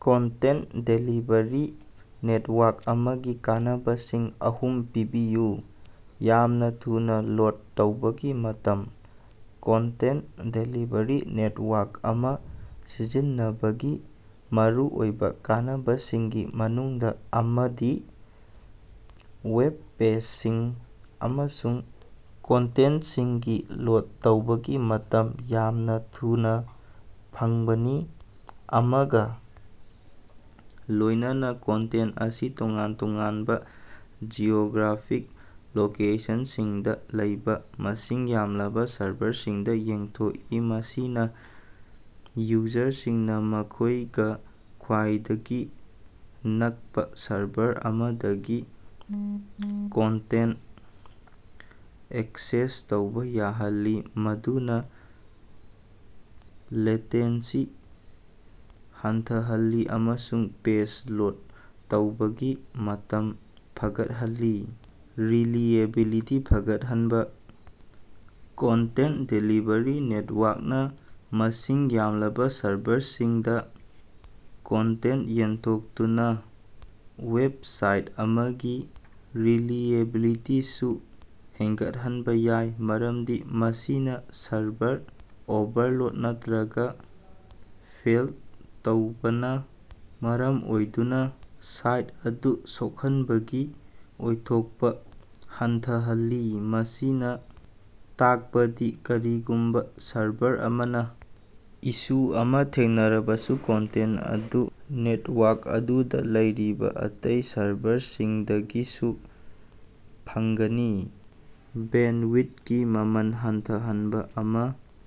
Content delivery network ꯑꯃꯒꯤ ꯀꯥꯟꯅꯕꯁꯤꯡ ꯑꯍꯨꯝ ꯄꯟꯕꯤꯌꯨ꯫ ꯌꯥꯝꯅ ꯊꯨꯅ ꯂꯣꯗ ꯇꯧꯕꯒꯤ ꯃꯇꯝ - ꯀꯟꯇꯦꯟꯇ ꯗꯦꯂꯤꯚꯔꯤ ꯅꯦꯠꯋꯥꯔꯛ ꯑꯃ ꯁꯤꯖꯤꯟꯅꯕꯒꯤ ꯃꯔꯨꯑꯣꯏꯕ ꯀꯥꯟꯅꯕꯁꯤꯡꯒꯤ ꯃꯅꯨꯡꯗ ꯑꯃꯗꯤ ꯋꯦꯕ ꯄꯦꯖꯁꯤꯡ ꯑꯃꯁꯨꯡ ꯀꯟꯇꯦꯟꯇꯁꯤꯡꯒꯤ ꯂꯣꯗ ꯇꯧꯕꯒꯤ ꯃꯇꯝ ꯌꯥꯝꯅ ꯊꯨꯅꯥ ꯐꯪꯕꯅꯤ꯫ ꯑꯃꯒ ꯂꯣꯏꯅꯅꯥ, ꯀꯣꯟꯇꯦꯟ ꯑꯁꯤ ꯇꯣꯉꯥꯟ-ꯇꯣꯉꯥꯟꯕ ꯖꯤꯑꯣꯒ꯭ꯔꯥꯐꯤꯛ ꯂꯣꯀꯦꯁꯟꯁꯤꯡꯗ ꯂꯩꯕ ꯃꯁꯤꯡ ꯌꯥꯝꯂꯕ ꯁꯔꯚꯔꯁꯤꯡꯗ ꯌꯦꯟꯊꯣꯛꯏ, ꯃꯁꯤꯅ ꯌꯨꯖꯔꯁꯤꯡꯅ ꯃꯈꯣꯏꯒ ꯈ꯭ꯋꯤꯏꯗꯒꯤ ꯅꯛꯄ ꯁꯔꯚꯔ ꯑꯃꯗꯒꯤ ꯀꯟꯇꯦꯟꯇ ꯑꯦꯛꯁꯦꯁ ꯇꯧꯕ ꯌꯥꯍꯜꯂꯤ, ꯃꯗꯨꯅ ꯂꯦꯇꯦꯟꯁꯤ ꯍꯟꯊꯍꯜꯂꯤ ꯑꯃꯁꯨꯡ ꯄꯦꯖ ꯂꯣꯗ ꯇꯧꯕꯒꯤ ꯃꯇꯝ ꯐꯒꯠꯍꯜꯂꯤ꯫ ꯔꯤꯂꯤꯑꯦꯕꯤꯂꯤꯇꯤ ꯐꯒꯠꯍꯟꯕ- ꯀꯣꯟꯇꯦꯟ ꯗꯦꯂꯤꯚꯔꯤ ꯅꯦꯠꯋꯥꯔꯛ ꯅꯥ ꯃꯁꯤꯡ ꯌꯥꯝꯂꯕꯥ ꯁꯔꯚꯔꯁꯤꯡꯗ ꯀꯟꯇꯦꯟꯇ ꯌꯦꯟꯊꯣꯛꯇꯨꯅ ꯋꯦꯕꯁꯥꯏꯠ ꯑꯃꯒꯤ ꯔꯤꯂꯤꯑꯦꯕꯤꯂꯤꯇꯤꯁꯨ ꯍꯦꯟꯒꯠꯍꯟꯕꯥ ꯌꯥꯏ, ꯃꯔꯝꯗꯤ ꯃꯁꯤꯅ ꯁꯔꯚꯔ ꯑꯣꯚꯔꯂꯣꯗ ꯅꯠꯇꯔꯒ ꯐꯦꯏꯜ ꯇꯧꯕꯅ ꯃꯔꯝ ꯑꯣꯏꯗꯨꯅ ꯁꯥꯏꯠ ꯑꯗꯨ ꯁꯣꯛꯍꯟꯕꯒꯤ ꯑꯣꯏꯊꯣꯛꯄ ꯍꯟꯊꯍꯜꯂꯤ꯫ ꯃꯁꯤꯅ ꯇꯥꯛꯄꯗꯤ ꯀꯔꯤꯒꯨꯝꯕ ꯁꯔꯚꯔ ꯑꯃꯅ ꯏꯁꯨ ꯑꯃ ꯊꯦꯡꯅꯔꯕꯁꯨ, ꯀꯣꯟꯇꯦꯟ ꯑꯗꯨ ꯅꯦꯠꯋꯥꯔꯛ ꯑꯗꯨꯗ ꯂꯩꯔꯤꯕ ꯑꯇꯩ ꯁꯔꯚꯔꯁꯤꯡꯗꯒꯤꯁꯨ ꯐꯪꯒꯅꯤ꯫ ꯕꯦꯟꯗꯋꯤꯊꯀꯤ ꯃꯃꯜ ꯍꯟꯊꯍꯟꯕ - ꯑꯃ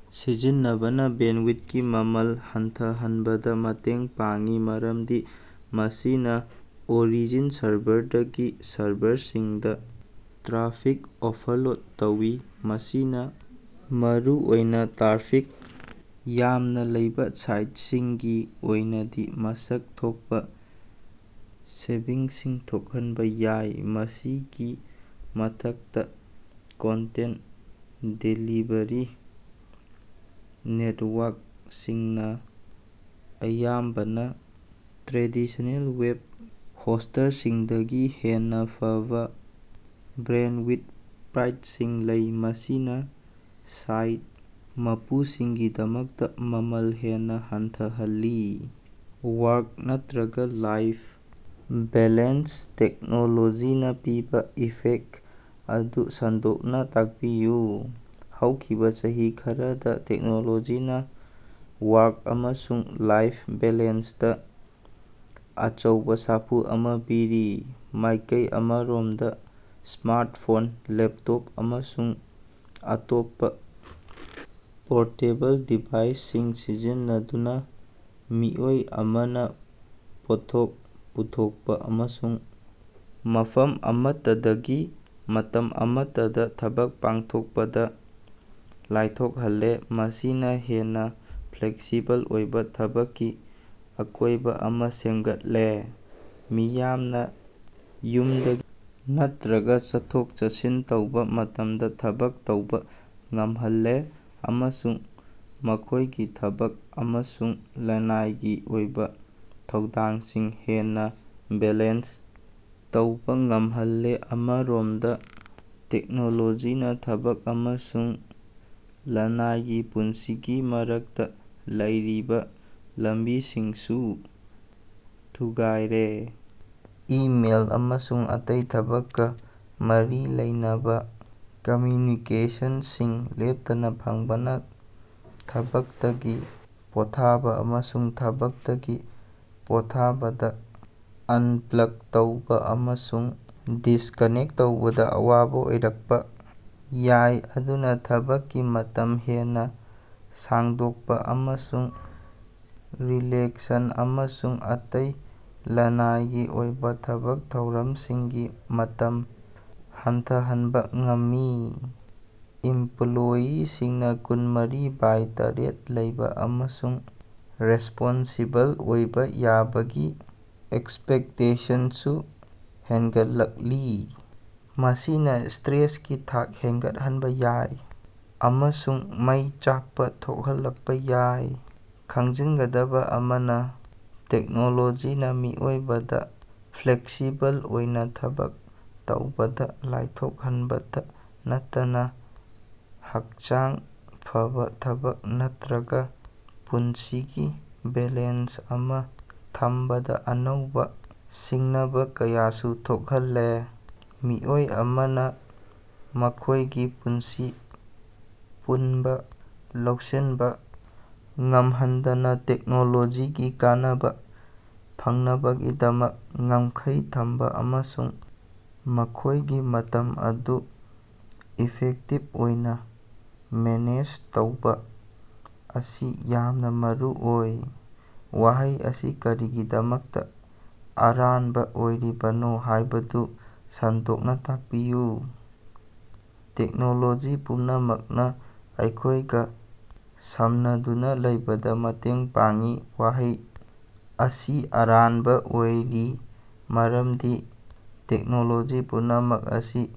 ꯁꯤꯖꯤꯟꯅꯕꯅꯥ ꯕꯦꯟꯗꯋꯤꯊꯀꯤ ꯃꯃꯜ ꯍꯟꯊꯍꯟꯕꯗ ꯃꯇꯦꯡ ꯄꯥꯡꯏ, ꯃꯔꯝꯗꯤ ꯃꯁꯤꯅ ꯑꯣꯔꯤꯖꯤꯟ ꯁꯔꯚꯔꯗꯒꯤ ꯁꯔꯚꯔꯁꯤꯡꯗ ꯇ꯭ꯔꯥꯐꯤꯛ ꯑꯣꯐꯂꯣꯗ ꯇꯧꯏ꯫ ꯃꯁꯤꯅ ꯃꯔꯨꯑꯣꯏꯅ ꯇ꯭ꯔꯥꯐꯤꯛ ꯌꯥꯝꯅ ꯂꯩꯕ ꯁꯥꯏꯇꯁꯤꯡꯒꯤ ꯑꯣꯏꯅꯗꯤ ꯃꯁꯛ ꯊꯣꯛꯄ ꯁꯦꯚꯤꯡꯁꯤꯡ ꯊꯣꯛꯍꯟꯕ ꯌꯥꯏ꯫ ꯃꯁꯤꯒꯤ ꯃꯊꯛꯇ, ꯀꯟꯇꯦꯟꯇ ꯗꯦꯂꯤꯚꯔꯤ ꯅꯦꯠꯋꯥꯔꯛ ꯁꯤꯡꯅ ꯑꯌꯥꯝꯕꯅ ꯇ꯭ꯔꯦꯗꯤꯁꯅꯦꯜ ꯋꯦꯕ ꯍꯣꯁ꯭ꯇꯁꯤꯡꯗꯒꯤ ꯍꯦꯟꯅ ꯐꯕꯥ ꯕꯦꯟꯗꯋꯤꯊ ꯄ꯭ꯔꯥꯏꯁꯤꯡ ꯂꯩ, ꯃꯁꯤꯅ ꯁꯥꯏꯠ ꯃꯄꯨꯁꯤꯡꯒꯤꯗꯃꯛꯇ ꯃꯃꯜ ꯍꯦꯟꯅ ꯍꯟꯊꯍꯜꯂꯤ꯫ ꯋꯥꯔꯛ ꯅꯠꯇꯔꯒ ꯂꯥꯏꯐ ꯕꯦꯂꯦꯟꯁꯇꯥ ꯇꯦꯛꯅꯣꯂꯣꯖꯤꯅ ꯄꯤꯕ ꯏꯐꯦꯛꯇ ꯑꯗꯨ ꯁꯟꯗꯣꯛꯅ ꯇꯥꯛꯄꯤꯌꯨ꯫ ꯍꯧꯈꯤꯕ‌ ꯆꯍꯤ ꯈꯔꯁꯤꯗ ꯇꯦꯛꯅꯣꯂꯣꯖꯤꯅꯥ ꯋꯥꯔꯛ‌ ꯅꯠꯇꯔꯒ ꯂꯥꯏꯐ ꯕꯦꯂꯦꯟꯁꯇꯥ ꯑꯆꯧꯕ ꯁꯥꯐꯨ ꯑꯃ ꯄꯤꯔꯤ꯫ ꯃꯥꯏꯀꯩ ꯑꯃꯔꯣꯝꯗ, ꯁ꯭ꯃꯥꯔꯇꯐꯣꯟ, ꯂꯦꯞꯇꯣꯞ, ꯑꯃꯁꯨꯡ ꯑꯇꯣꯞꯄ ꯄꯣꯔꯇꯦꯕꯜ ꯗꯤꯚꯥꯏꯁꯁꯤꯡ ꯁꯤꯖꯤꯟꯅꯗꯨꯅ ꯃꯤꯑꯣꯏ ꯑꯃꯅ ꯄꯣꯠꯊꯣꯛ ꯄꯨꯊꯣꯛꯄ ꯑꯃꯁꯨꯡ ꯃꯐꯝ ꯑꯃꯠꯇꯗꯒꯤ, ꯃꯇꯝ ꯑꯃꯠꯇꯗ ꯊꯕꯛ ꯄꯥꯡꯊꯣꯛꯄꯗ ꯂꯥꯏꯊꯣꯛꯍꯜꯂꯦ꯫ ꯃꯁꯤꯅ ꯍꯦꯟꯅ ꯐ꯭ꯂꯦꯛꯁꯤꯕꯜ ꯑꯣꯏꯕ ꯊꯕꯛꯀꯤ ꯑꯀꯣꯏꯕ ꯑꯃ ꯁꯦꯝꯒꯠꯂꯦ, ꯃꯤꯌꯥꯝꯅ ꯌꯨꯝꯗꯒꯤ ꯅꯠꯇꯔꯒ ꯆꯠꯊꯣꯛ-ꯆꯠꯁꯤꯟ ꯇꯧꯕ ꯃꯇꯝꯗ ꯊꯕꯛ ꯇꯧꯕ ꯉꯝꯍꯜꯂꯦ ꯑꯃꯁꯨꯡ ꯃꯈꯣꯏꯒꯤ ꯊꯕꯛ ꯑꯃꯁꯨꯡ ꯂ꯭ꯅꯥꯏꯒꯤ ꯑꯣꯏꯕ ꯊꯧꯗꯥꯡꯁꯤꯡ ꯍꯦꯟꯅ ꯕꯦꯂꯦꯟꯁ ꯇꯧꯕ ꯉꯝꯍꯜꯂꯦ꯫ ꯑꯃꯔꯣꯝꯗ ꯇꯦꯛꯅꯣꯂꯣꯖꯤꯅ ꯊꯕꯛ ꯑꯃꯁꯨꯡ ꯂ꯭ꯅꯥꯏꯒꯤ ꯄꯨꯟꯁꯤꯒꯤ ꯃꯔꯛꯇ ꯂꯩꯔꯤꯕ ꯂꯝꯕꯤꯁꯤꯡꯁꯨ ꯊꯨꯒꯥꯏꯔꯦ꯫ ꯏꯃꯦꯏꯜ ꯑꯃꯁꯨꯡ ꯑꯇꯩ ꯊꯕꯛꯀ‌ ꯃꯔꯤ ꯂꯩꯅꯕ ꯀꯝꯃ꯭ꯌꯨꯅꯤꯀꯦꯁꯟꯁꯤꯡ ꯂꯦꯞꯇꯅꯥ ꯐꯪꯕꯅ, ꯊꯕꯛꯇꯒꯤ ꯄꯣꯠꯊꯥꯕ ꯑꯃꯁꯨꯡ ꯊꯕꯛꯇꯒꯤ ꯄꯣꯠꯊꯥꯕꯗꯥ ꯑꯟꯄ꯭ꯂꯛ ꯇꯧꯕ ꯑꯃꯁꯨꯡ ꯗꯤꯁꯀꯥꯅꯦꯛꯇ ꯇꯧꯕꯗ ꯑꯋꯥꯕ ꯑꯣꯏꯔꯛꯄ ꯌꯥꯏ, ꯃꯗꯨꯅ ꯊꯕꯛꯀꯤ ꯃꯇꯝ ꯍꯦꯟꯅ ꯁꯥꯡꯗꯣꯛꯄ ꯑꯃꯁꯨꯡ ꯔꯤꯂꯦꯛꯁꯟ ꯑꯃꯁꯨꯡ ꯑꯇꯩ ꯂ꯭ꯅꯥꯏꯒꯤ ꯑꯣꯏꯕ ꯊꯕꯛ ꯊꯧꯔꯝꯁꯤꯡꯒꯤ ꯃꯇꯝ ꯍꯟꯊꯍꯟꯕ ꯉꯝꯃꯤ꯫ ꯏꯝꯄꯂꯣꯌꯤꯁꯤꯡꯅ ꯀꯨꯟꯃꯔꯤ ꯚꯥꯏ ꯇꯔꯦꯠ ꯂꯩꯕ ꯑꯃꯁꯨꯡ ꯔꯦꯁ꯭ꯄꯣꯟꯁꯤꯕꯜ ꯑꯣꯏꯕ ꯌꯥꯕꯒꯤ ꯑꯦꯛꯁꯄꯦꯛꯇꯦꯁꯟꯁꯨ ꯍꯦꯟꯒꯠꯂꯛꯂꯤ, ꯃꯁꯤꯅ ꯁ꯭ꯇꯔꯦꯁꯀꯤ ꯊꯥꯛ ꯍꯦꯟꯒꯠꯍꯟꯕ ꯌꯥꯏ ꯑꯃꯁꯨꯡ ꯃꯩ ꯆꯥꯛꯄ ꯊꯣꯛꯍꯜꯂꯛꯄ ꯌꯥꯏ꯫ ꯈꯪꯖꯤꯟꯒꯗꯕ ꯑꯃꯅ, ꯇꯦꯛꯅꯣꯂꯣꯖꯤꯅ ꯃꯤꯑꯣꯏꯕꯗ ꯐ꯭ꯂꯦꯛꯁꯤꯕꯜ ꯑꯣꯏꯅ ꯊꯕꯛ ꯇꯧꯕꯗ ꯂꯥꯏꯊꯣꯛꯍꯟꯕꯇꯥ ꯅꯠꯇꯅꯥ ꯍꯛꯆꯥꯡ ꯐꯕꯥ ꯊꯕꯛ ꯅꯠꯇꯔꯒ ꯄꯨꯟꯁꯤꯒꯤ ꯕꯦꯂꯦꯟꯁ ꯑꯃ ꯊꯝꯕꯗ ꯑꯅꯧꯕ ꯁꯤꯡꯅꯕ ꯀꯌꯥꯁꯨ ꯊꯣꯛꯍꯜꯂꯦ꯫ ꯃꯤꯑꯣꯏ ꯑꯃꯅ ꯃꯈꯣꯏꯒꯤ ꯄꯨꯟꯁꯤ ꯄꯨꯝꯕ ꯂꯧꯁꯤꯟꯕ ꯉꯝꯍꯟꯗꯅꯥ ꯇꯦꯛꯅꯣꯂꯣꯖꯤꯒꯤ ꯀꯥꯟꯅꯕ ꯐꯪꯅꯕꯒꯤꯗꯃꯛ ꯉꯝꯈꯩ ꯊꯝꯕ ꯑꯃꯁꯨꯡ ꯃꯈꯣꯏꯒꯤ ꯃꯇꯝ ꯑꯗꯨ ꯏꯐꯦꯛꯇꯤꯕ ꯑꯣꯏꯅ ꯃꯦꯅꯦꯖ ꯇꯧꯕ ꯑꯁꯤ ꯌꯥꯝꯅ ꯃꯔꯨꯑꯣꯏ꯫ ꯋꯥꯍꯩ ꯑꯁꯤ ꯀꯔꯤꯒꯤꯗꯃꯛꯇ ꯑꯔꯥꯟꯕ ꯑꯣꯏꯔꯤꯕꯅꯣ ꯍꯥꯏꯕꯗꯨ ꯁꯟꯗꯣꯛꯅ ꯇꯥꯛꯄꯤꯌꯨ꯫ ꯇꯦꯛꯅꯣꯂꯣꯖꯤ ꯄꯨꯝꯅꯃꯛꯅ ꯑꯩꯈꯣꯏꯒ ꯁꯝꯅꯗꯨꯅꯥ ꯂꯩꯕꯗ ꯃꯇꯦꯡ ꯄꯥꯡꯏ꯫ ꯋꯥꯍꯩ ꯑꯁꯤ ꯑꯔꯥꯟꯕ ꯑꯣꯏꯔꯤ ꯃꯔꯝꯗꯤ ꯇꯦꯛꯅꯣꯂꯣꯖꯤ ꯄꯨꯝꯅꯃꯛ ꯑꯁꯤ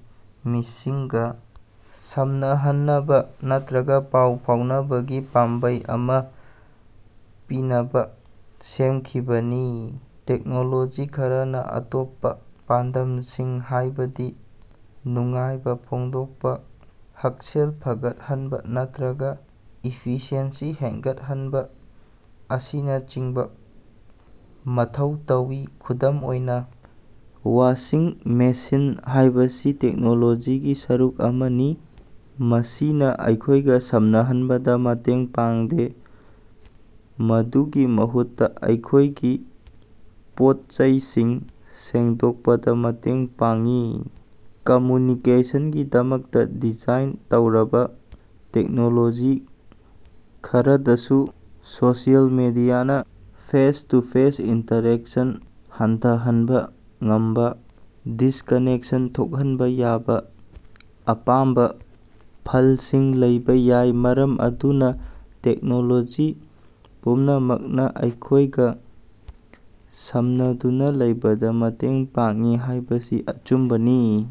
ꯃꯤꯁꯤꯡꯒ ꯁꯝꯅꯍꯟꯅꯕ ꯅꯠꯇꯔꯒ ꯄꯥꯎ ꯐꯥꯎꯅꯕꯒꯤ ꯄꯥꯝꯕꯩ ꯑꯃꯥ ꯄꯤꯅꯕꯥ ꯁꯦꯝꯈꯤꯕꯅꯤ꯫ ꯇꯦꯛꯅꯣꯂꯣꯖꯤ ꯈꯔꯅꯥ ꯑꯇꯣꯞꯄ ꯄꯥꯟꯗꯝꯁꯤꯡ ꯍꯥꯏꯕꯗꯤ ꯅꯨꯡꯉꯥꯏꯕ ꯐꯣꯡꯗꯣꯛꯄ, ꯍꯛꯁꯦꯜ ꯐꯒꯠꯍꯟꯕ ꯅꯠꯇꯔꯒ ꯏꯐꯤꯁꯤꯑꯦꯟꯁꯤ ꯍꯦꯟꯒꯠꯍꯟꯕ ꯑꯁꯤꯅꯆꯤꯡꯕ ꯃꯊꯧ ꯇꯧꯏ꯫ ꯈꯨꯗꯝ ꯑꯣꯏꯅ, ꯋꯥꯁꯤꯡ ꯃꯦꯁꯤꯟ ꯍꯥꯏꯕꯁꯤ ꯇꯦꯛꯅꯣꯂꯣꯖꯤꯒꯤ ꯁꯔꯨꯛ ꯑꯃꯅꯤ, ꯃꯁꯤꯅ ꯑꯩꯈꯣꯏꯒ ꯁꯝꯅꯍꯟꯕꯗꯥ ꯃꯇꯦꯡ ꯄꯥꯡꯗꯦ, ꯃꯗꯨꯒꯤ ꯃꯍꯨꯠꯇ ꯑꯩꯈꯣꯏꯒꯤ ꯄꯣꯠꯆꯩꯁꯤꯡ ꯁꯦꯡꯗꯣꯛꯄꯗ ꯃꯇꯦꯡ ꯄꯥꯡꯏ꯫ ꯀꯝꯃ꯭ꯌꯨꯅꯤꯀꯦꯁꯟꯒꯤꯗꯃꯛꯇ ꯗꯤꯖꯥꯏꯟ ꯇꯧꯔꯕꯥ ꯇꯦꯛꯅꯣꯂꯣꯖꯤ ꯈꯔꯗꯁꯨ, ꯁꯣꯁꯤꯑꯦꯜ ꯃꯤꯗꯤꯌꯥꯅꯥ ꯐꯦꯁ-ꯇꯨ-ꯐꯦꯁ ꯏꯟꯇꯔꯦꯛꯁꯟ ꯍꯟꯊꯍꯟꯕ ꯉꯝꯕꯥ, ꯗꯤꯁꯀꯥꯅꯦꯛꯁꯟ ꯊꯣꯛꯍꯟꯕ ꯌꯥꯕ ꯑꯄꯥꯝꯕ ꯐꯜꯁꯤꯡ ꯂꯩꯕ ꯌꯥꯏ꯫ ꯃꯔꯝ ꯑꯗꯨꯅ ꯇꯦꯛꯅꯣꯂꯣꯖꯤ ꯄꯨꯝꯅꯃꯛꯅ ꯑꯩꯈꯣꯏꯒ ꯁꯝꯅꯗꯨꯅ ꯂꯩꯕꯗ ꯃꯇꯦꯡ ꯄꯥꯡꯏ ꯍꯥꯏꯕꯁꯤ ꯑꯆꯨꯝꯕꯅꯤ꯫